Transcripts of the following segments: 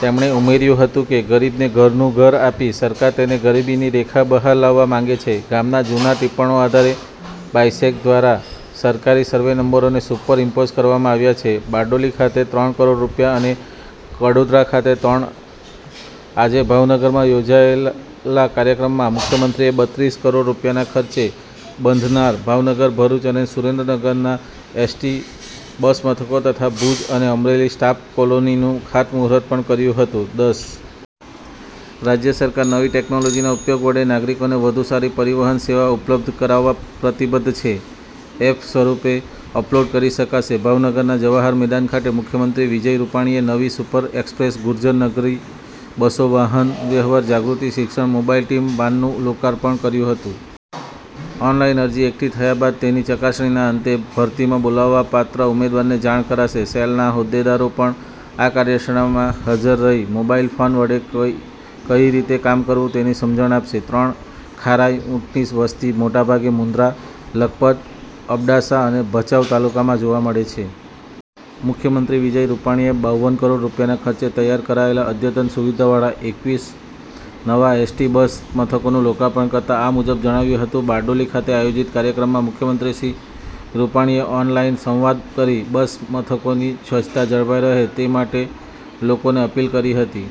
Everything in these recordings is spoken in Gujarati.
તેમણે ઉમેર્યું હતું કે ગરીબને ઘરનું ઘર આપી સરકાર તેને ગરીબીની રેખા બહાર લાવવા માંગે છે. ગામના જુના ટિપ્પણો આધારે બાયસેગ દ્વારા સરકારી સરવે નંબરોને સુપર ઇમ્પોઝ કરવામાં આવ્યા છે .બારડોલી ખાતે ત્રણ કરોડ રૂપિયા અને કડોદરા ખાતે ત્રણ આજે ભાવનગરમાં યોજાયેલા કાર્યક્રમમાં મુખ્યમંત્રીએ બત્રીસ કરોડ રૂપિયાના ખર્ચે બંધનાર ભાવનગર ,ભરૂચ અને સુરેન્દ્રનગરના એસટી બસ મથકો તથા ભુજ અને અમરેલી સ્ટાફ કોલોનીનું ખાત મુહૂર્ત પણ કર્યું હતું .દસ રાજ્ય સરકાર નવી ટેકનોલોજીના ઉપયોગ વડે નાગરિકોને વધુ સારી પરિવહન સેવા ઉપલબ્ધ કરાવવા પ્રતિબધ્ધ છે. એફ સ્વરૂપે અપલોડ કરી શકાશે ભાવનગરના જવાહર મેદાન ખાતે મુખ્યમંત્રી વિજય રૂપાણીએ નવી સુપર એક્સપ્રેસ ગુર્જર નગરી બસો વાહન વ્યવહાર જાગૃતિ શિક્ષણ મોબાઈલ ટીમ વાનનું લોકાર્પણ કર્યું હતું. ઓનલાઇન અરજી એકઠી થયા બાદ તેની ચકાસણીના અંતે ભરતીમાં બોલાવવા પાત્ર ઉમેદવારને જાણ કરાશે સેલના હોદ્દેદારો પણ આ કાર્યશાળામાં હાજર રહી મોબાઇલ ફોન વડે કઈ રીતે કામ કરવું તેની સમજણ આપશે ત્રણ ખારાઈ ઊંટની વસતિ મોટાભાગે મુંદ્રા, લખપત ,અબડાસા અને ભચાઉ તાલુકામાં જોવા મળે છે. મુખ્યમંત્રી વિજય રૂપાણીએ બાવન કરોડ રૂપિયાના ખર્ચે તૈયાર કરાયેલા અદ્યતન સુવિધાવાળા એકવીસ નવા એસટી બસ મથકોનું લોકાર્પણ કરતાં આ મુજબ જણાવ્યું હતું બારડોલી ખાતે આયોજિત કાર્યક્રમમાં મુખ્યમંત્રી શ્રી રૂપાણીએ ઓનલાઇન સંવાદ કરી બસ મથકોની સ્વચ્છતા જળવાઈ રહે તે માટે લોકોને અપીલ કરી હતી.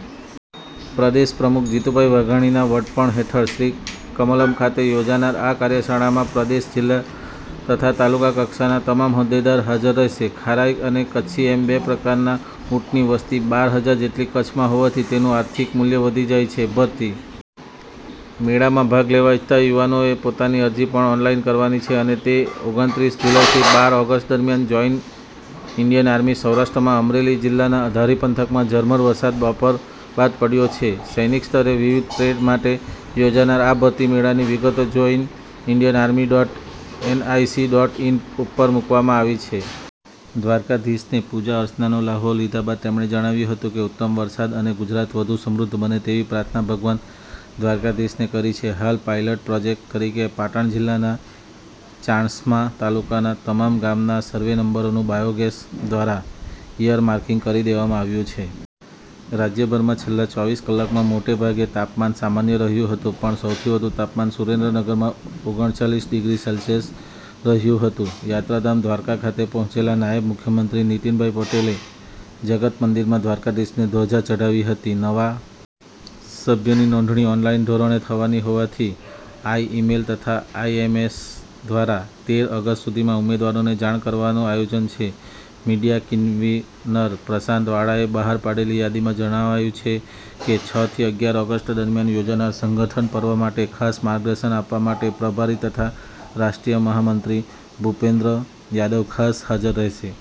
પ્રદેશ પ્રમુખ જીતુભાઈ વાઘાણીના વડપણ હેઠળ શ્રી કમલમ ખાતે યોજાનાર આ કાર્યશાળામાં પ્રદેશ જિલ્લા તથા તાલુકા કક્ષાના તમામ હોદ્દેદાર હાજર રહેશે .ખારાઈ અને કચ્છી એમ બે પ્રકારના ઊંટની વસતિ બાર હજાર જેટલી કચ્છમાં હોવાથી તેનું આર્થિક મૂલ્ય વધી જાય છે .ભરતી મેળામાં ભાગ લેવા ઇચ્છતા યુવાનોએ પોતાની અરજી પણ ઓનલાઇન કરવાની છે અને તે ઓગણત્રીસ જુલાઈથી બાર ઓગસ્ટ દરમિયાન જોઇન ઇન્ડિયન આર્મી સૌરાષ્ટ્રમાં અમરેલી જિલ્લાના ધારી પંથકમાં ઝરમર વરસાદ બપોર બાદ પડ્યો છે. સૈનિક સ્તરે વિવિધ ટ્રેડ માટે યોજાનાર આ ભરતી મેળાની વિગતો join Indian army dot NIC dot in ઉપર મૂકવામાં આવી છે. દ્વારકાધીશને પૂજા અર્ચનાનો લહાવો લીધા બાદ તેમણે જણાવ્યું હતું કે ઉત્તમ વરસાદ અને ગુજરાત વધુ સમૃધ્ધ બને તેવી પ્રાર્થના ભગવાન દ્વારકાધીશને કરી છે હાલ પાઇલટ પ્રોજેક્ટ તરીકે પાટણ જિલ્લાના ચાણસ્મા તાલુકાના તમામ ગામના સરવે નંબરોનું બાયોગેસ દ્વારા ઇયર માર્કીગ કરી દેવામાં આવ્યું છે. રાજ્યભરમાં છેલ્લા ચોવીસ કલાકમાં મોટેભાગે તાપમાન સામાન્ય રહ્યું હતું પણ સૌથી વધુ તાપમાન સુરેન્દ્રનગરમાં ઓગણચાલીસ ડિગ્રી સેલ્સીયસ રહ્યું હતું .યાત્રાધામ દ્વારકા ખાતે પહોંચેલા નાયબ મુખ્યમંત્રી નીતિનભાઈ પટેલે જગત મંદિરમાં દ્વારકાધીશને ધ્વજા ચઢાવી હતી .નવા સભ્યની નોંધણી ઓનલાઇન ધોરણે થવાની હોવાથી આઈ ઇમેલ તથા એસએમએસ દ્વારા તેર ઓગસ્ટ સુધીમાં ઉમેદવારોને જાણ કરવાનું આયોજન છે મીડિયા કિન્વનર પ્રશાંત વાળાએ બહાર પાડેલી યાદીમાં જણાવાયું છે કે છ થી અગિયાર ઓગસ્ટ દરમિયાન યોજાનાર સંગઠન પર્વ માટે ખાસ માર્ગદર્શન આપવા માટે પ્રભારી તથા રાષ્ટ્રીય મહામંત્રી ભુપેન્દ્ર યાદવ ખાસ હાજર રહેશે.